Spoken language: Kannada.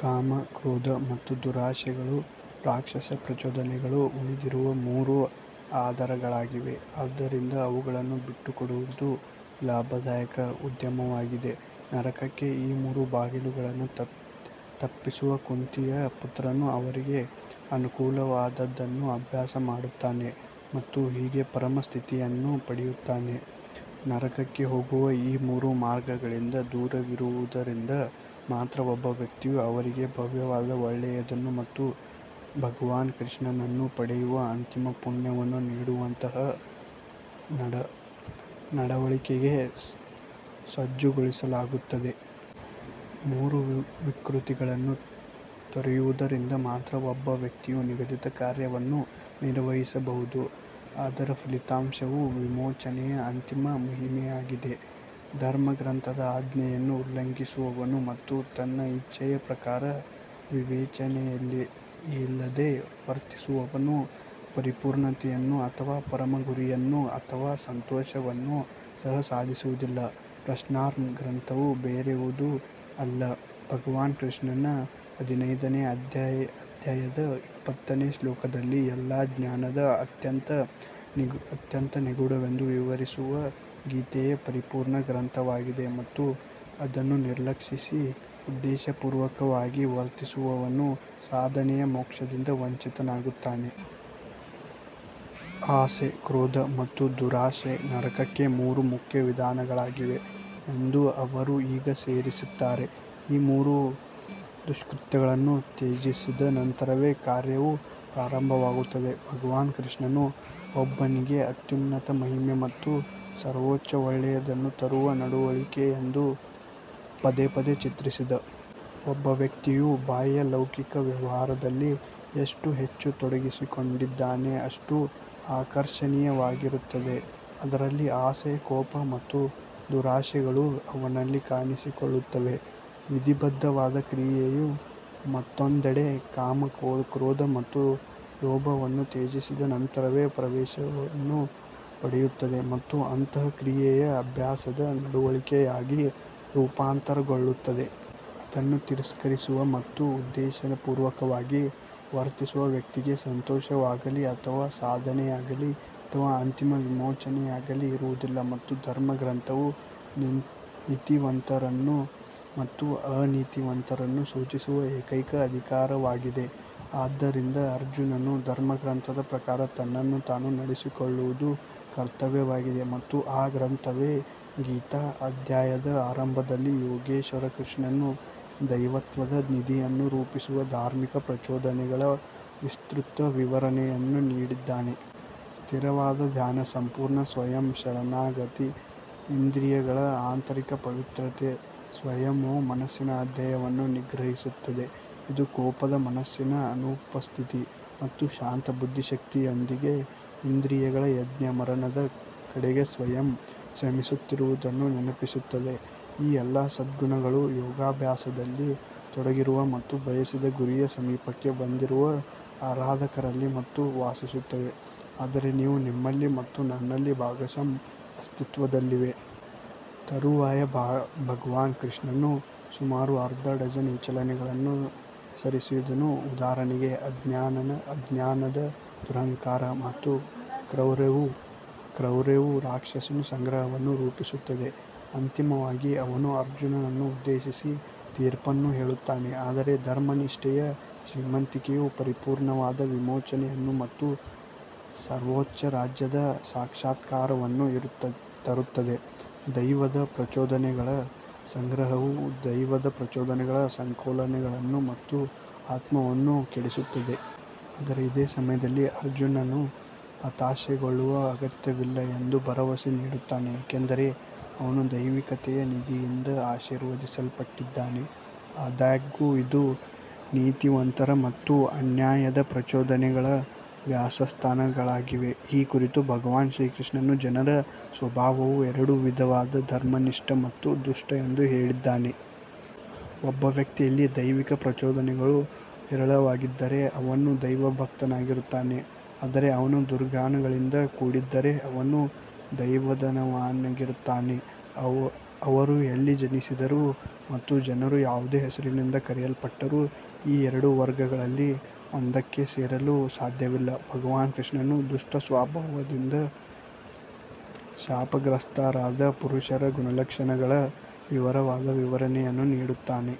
ಕಾಮ ಕ್ರೋಧ ಮತ್ತು ದುರಾಶೆಗಳು ರಾಕ್ಷಸ ಪ್ರಚೋದನೆಗಳು ಉಳಿದಿರುವ ಮೂರು ಆಧಾರಗಳಾಗಿವೆ ಆದ್ದರಿಂದ ಅವುಗಳನ್ನು ಬಿಟ್ಟುಕೊಡುವುದು ಲಾಭದಾಯಕ ಉದ್ಯಮವಾಗಿದೆ ನರಕಕ್ಕೆ ಈ ಮೂರು ಬಾಗಿಲುಗಳನ್ನು ತಪ್ಪಿಸುವ ಕುಂತಿಯ ಪುತ್ರನು ಅವರಿಗೆ ಅನುಕೂಲವಾದದ್ದನ್ನು ಅಭ್ಯಾಸ ಮಾಡುತ್ತಾನೆ ಮತ್ತು ಹೀಗೆ ಪರಮ ಸ್ಥಿತಿಯನ್ನು ಪಡೆಯುತ್ತಾನೆ. ನರಕಕ್ಕೆ ಹೋಗುವ ಈ ಮೂರು ಮಾರ್ಗಗಳಿಂದ ದೂರವಿರುವುದರಿಂದ ಮಾತ್ರ ಒಬ್ಬ ವ್ಯಕ್ತಿಯು ಅವರಿಗೆ ಭವ್ಯವಾದ ಒಳ್ಳೆಯದನ್ನು ಮತ್ತು ಭಗವಾನ್ ಶ್ರೀಕೃಷ್ಣನನ್ನು ಪಡೆಯುವ ಅಂತಿಮ ಪುಣ್ಯವನ್ನು ನೀಡುವಂತಹ ನಡವಳಿಕೆಗೆ ಸಜ್ಜುಗೊಳಿಸಲಾಗುತ್ತದೆ. ಮೂರು ವಿಕೃತಿಗಳನ್ನು ತೊರೆಯುವುದರಿಂದ ಮಾತ್ರ ಒಬ್ಬ ವ್ಯಕ್ತಿಯು ನಿಗದಿತ ಕಾರ್ಯವನ್ನು ನಿರ್ವಹಿಸಬಹುದು ಅದರ ಫಲಿತಾಂಶವು ವಿಮೋಚನೆಯ ಅಂತಿಮ ಮಹಿಮೆಯಾಗಿದೆ. ಧರ್ಮಗ್ರಂಥದ ಆಜ್ಞೆಯನ್ನು ಉಲ್ಲಂಘಿಸುವವನು ಮತ್ತು ತನ್ನ ಇಚ್ಛೆಯ ಪ್ರಕಾರ ವಿವೇಚನೆಯಿಲ್ಲದೆ ವರ್ತಿಸುವವನು ಪರಿಪೂರ್ಣತೆಯನ್ನು ಅಥವಾ ಪರಮ ಗುರಿಯನ್ನು ಅಥವಾ ಸಂತೋಷವನ್ನು ಸಹ ಸಾಧಿಸುವುದಿಲ್ಲ. ಪ್ರಶ್ನಾರ್ಹ ಗ್ರಂಥವು ಬೇರಾವುದೂ ಅಲ್ಲ ಭಗವಾನ್ ಕೃಷ್ಣನು ಹದಿನೈದನೇ ಅಧ್ಯಾಯದ ಇಪ್ಪತ್ತನೇ ಶ್ಲೋಕದಲ್ಲಿ ಎಲ್ಲಾ ಜ್ಞಾನದ ಅತ್ಯಂತ ನಿಗೂಢವೆಂದು ವಿವರಿಸಿರುವ ಗೀತೆಯೇ ಪರಿಪೂರ್ಣ ಗ್ರಂಥವಾಗಿದೆ ಮತ್ತು ಅದನ್ನು ನಿರ್ಲಕ್ಷಿಸಿ ಉದ್ದೇಶಪೂರ್ವಕವಾಗಿ ವರ್ತಿಸುವವನು ಸಾಧನೆಯ ಮೋಕ್ಷದಿಂದ ವಂಚಿತನಾಗುತ್ತಾನೆ. ಆಸೆ ಕ್ರೋಧ ಮತ್ತು ದುರಾಶೆ ನರಕಕ್ಕೆ ಮೂರು ಮುಖ್ಯ ವಿಧಾನಗಳಾಗಿವೆ ಎಂದು ಅವರು ಈಗ ಸೇರಿಸುತ್ತಾರೆ ಈ ಮೂರು ದುಷ್ಕೃತ್ಯಗಳನ್ನು ತ್ಯಜಿಸಿದ ನಂತರವೇ ಕಾರ್ಯವು ಪ್ರಾರಂಭವಾಗುತ್ತದೆ ಭಗವಾನ್ ಕೃಷ್ಣನು ಒಬ್ಬನಿಗೆ ಅತ್ಯುನ್ನತ ಮಹಿಮೆ ಮತ್ತು ಸರ್ವೋಚ್ಚ ಒಳ್ಳೆಯದನ್ನು ತರುವ ನಡವಳಿಕೆ ಎಂದು ಪದೇ ಪದೇ ಚಿತ್ರಿಸಿದ. ಒಬ್ಬ ವ್ಯಕ್ತಿಯು ಬಾಹ್ಯ ಲೌಕಿಕ ವ್ಯವಹಾರದಲ್ಲಿ ಎಷ್ಟು ಹೆಚ್ಚು ತೊಡಗಿಸಿಕೊಂಡಿದ್ದಾನೋ ಅಷ್ಟು ಆಕರ್ಷಣೀಯವಾಗಿರುತ್ತದೆ ಅದರಲ್ಲಿ ಆಸೆ ಕೋಪ ಮತ್ತು ದುರಾಶೆಗಳು ಅವನಲ್ಲಿ ಕಾಣಿಸಿಕೊಳ್ಳುತ್ತವೆ. ವಿಧಿಬದ್ಧವಾದ ಕ್ರಿಯೆಯು ಮತ್ತೊಂದೆಡೆ ಕಾಮ ಕ್ರೋಧ ಮತ್ತು ಲೋಭವನ್ನು ತ್ಯಜಿಸಿದ ನಂತರವೇ ಪ್ರವೇಶವನ್ನು ಪಡೆಯುತ್ತದೆ ಮತ್ತು ಅಂತಹ ಕ್ರಿಯೆಯು ಅಭ್ಯಾಸದ ನಡವಳಿಕೆಯಾಗಿ ರೂಪಾಂತರಗೊಳ್ಳುತ್ತದೆ. ಅದನ್ನು ತಿರಸ್ಕರಿಸುವ ಮತ್ತು ಉದ್ದೇಶಪೂರ್ವಕವಾಗಿ ವರ್ತಿಸುವ ವ್ಯಕ್ತಿಗೆ ಸಂತೋಷವಾಗಲೀ ಅಥವಾ ಸಾಧನೆಯಾಗಲೀ ಅಥವಾ ಅಂತಿಮ ವಿಮೋಚನೆಯಾಗಲೀ ಇರುವುದಿಲ್ಲ. ಮತ್ತು ಧರ್ಮಗ್ರಂಥವು ನೀತಿವಂತರನ್ನು ಮತ್ತು ಅನೀತಿವಂತರನ್ನು ಸೂಚಿಸುವ ಏಕೈಕ ಅಧಿಕಾರವಾಗಿದೆ ಆದ್ದರಿಂದ ಅರ್ಜುನನು ಧರ್ಮಗ್ರಂಥದ ಪ್ರಕಾರ ತನ್ನನ್ನು ತಾನು ನಡೆಸಿಕೊಳ್ಳುವುದು ಕರ್ತವ್ಯವಾಗಿದೆ ಮತ್ತು ಆ ಗ್ರಂಥವೇ ಗೀತಾ ಅಧ್ಯಾಯದ ಆರಂಭದಲ್ಲಿ ಯೋಗೇಶ್ವರ ಕೃಷ್ಣನು ದೈವತ್ವದ ನಿಧಿಯನ್ನು ರೂಪಿಸುವ ಧಾರ್ಮಿಕ ಪ್ರಚೋದನೆಗಳ ವಿಸ್ತೃತ ವಿವರಣೆಯನ್ನು ನೀಡಿದ್ದಾನೆ. ಸ್ಥಿರವಾದ ಧ್ಯಾನ ಸಂಪೂರ್ಣ ಸ್ವಯಂ ಶರಣಾಗತಿ ಇಂದ್ರಿಯಗಳ ಆಂತರಿಕ ಪಾವಿತ್ರ್ಯತೆ ಸಂಯಮವು ಮನಸ್ಸಿನ ಅಧ್ಯಯನವನ್ನು ನಿಗ್ರಹಿಸುತ್ತದೆ ಇದು ಕೋಪದ ಮನಸ್ಸಿನ ಅನುಪಸ್ಥಿತಿ ಮತ್ತು ಶಾಂತ ಬುದ್ಧಿಶಕ್ತಿಯೊಂದಿಗೆ ಇಂದ್ರಿಯಗಳ ಯಜ್ಞ ಮರಣದ ಕಡೆಗೆ ಸ್ವಯಂ ಶ್ರಮಿಸುತ್ತಿರುವುದನ್ನು ನೆನಪಿಸುತ್ತದೆ. ಈ ಎಲ್ಲಾ ಸದ್ಗುಣಗಳು ಯೋಗಾಭ್ಯಾಸದಲ್ಲಿ ತೊಡಗಿರುವ ಮತ್ತು ಬಯಸಿದ ಗುರಿಯ ಸಮೀಪಕ್ಕೆ ಬಂದಿರುವ ಆರಾಧಕರಲ್ಲಿ ಮಾತ್ರ ವಾಸಿಸುತ್ತವೆ ಆದರೆ ಅವು ನಿಮ್ಮಲ್ಲಿ ಮತ್ತು ನನ್ನಲ್ಲಿ ಭಾಗಶಃ ಅಸ್ತಿತ್ವದಲ್ಲಿವೆ. ತರುವಾಯ ಭಗವಾನ್ ಕೃಷ್ಣನು ಸುಮಾರು ಅರ್ಧ ಡಜನ್ ವಿಚಲನಗಳನ್ನು ಹೆಸರಿಸಿದನು ಉದಾಹರಣೆಗೆ ಅಜ್ಞಾನದ ದುರಹಂಕಾರ ಮತ್ತು ಕ್ರೌರ್ಯವು ರಾಕ್ಷಸನ ಸಂಗ್ರಹವನ್ನು ರೂಪಿಸುತ್ತದೆ. ಅಂತಿಮವಾಗಿ ಅವನು ಅರ್ಜುನನನ್ನು ಉದ್ದೇಶಿಸಿ ತೀರ್ಪನ್ನು ಹೇಳುತ್ತಾನೆ ಆದರೆ ಧರ್ಮನಿಷ್ಠೆಯ ಶ್ರೀಮಂತಿಕೆಯು ಪರಿಪೂರ್ಣವಾದ ವಿಮೋಚನೆಯನ್ನು ಮತ್ತು ಸರ್ವೋಚ್ಚ ರಾಜ್ಯದ ಸಾಕ್ಷಾತ್ಕಾರವನ್ನು ತರುತ್ತದೆ ದೆವ್ವದ ಪ್ರಚೋದನೆಗಳ ಸಂಗ್ರಹವು ದೆವ್ವದ ಪ್ರಚೋದನೆಗಳ ಸಂಕೋಲೆಗಳನ್ನು ಮತ್ತು ಆತ್ಮವನ್ನು ಕೆಡಿಸುತ್ತದೆ. ಆದರೆ ಅದೇ ಸಮಯದಲ್ಲಿ ಅರ್ಜುನನು ಹತಾಶೆಗೊಳ್ಳುವ ಅಗತ್ಯವಿಲ್ಲ ಎಂದು ಭರವಸೆ ನೀಡುತ್ತಾನೆ ಏಕೆಂದರೆ ಅವನು ದೈವಿಕತೆಯ ನಿಧಿಯಿಂದ ಆಶೀರ್ವದಿಸಲ್ಪಟ್ಟಿದ್ದಾನೆ. ಆದಾಗ್ಯೂ ಇದು ನೀತಿವಂತರ ಮತ್ತು ಅನ್ಯಾಯದ ಪ್ರಚೋದನೆಗಳ ವಾಸಸ್ಥಾನಗಳಾಗಿವೆ ಈ ಕುರಿತು ಭಗವಾನ್ ಶ್ರೀಕೃಷ್ಣನು ಜನರ ಸ್ವಭಾವವು ಎರಡು ವಿಧವಾದ ಧರ್ಮನಿಷ್ಠ ಮತ್ತು ದುಷ್ಟ ಎಂದು ಹೇಳಿದ್ದಾನೆ. ಒಬ್ಬ ವ್ಯಕ್ತಿಯಲ್ಲಿ ದೈವಿಕ ಪ್ರಚೋದನೆಗಳು ಹೇರಳವಾಗಿದ್ದರೆ ಅವನು ದೈವಭಕ್ತನಾಗಿರುತ್ತಾನೆ ಆದರೆ ಅವನು ದುರ್ಗುಣಗಳಿಂದ ಕೂಡಿದ್ದರೆ ಅವನು ದೆವ್ವದವನಾಗಿರುತ್ತಾನೆ. ಅವರು ಎಲ್ಲಿ ಜನಿಸಿದರೂ ಮತ್ತು ಜನರು ಯಾವುದೇ ಹೆಸರಿನಿಂದ ಕರೆಯಲ್ಪಟ್ಟರೂ ಈ ಎರಡು ವರ್ಗಗಳಲ್ಲಿ ಒಂದಕ್ಕೆ ಸೇರಲು ಸಾಧ್ಯವಿಲ್ಲ ಭಗವಾನ್ ಕೃಷ್ಣನು ದುಷ್ಟ ಸ್ವಭಾವದಿಂದ ಶಾಪಗ್ರಸ್ತರಾದ ಪುರುಷರ ಗುಣಲಕ್ಷಣಗಳ ವಿವರವಾದ ವಿವರಣೆಯನ್ನು ನೀಡುತ್ತಾನೆ.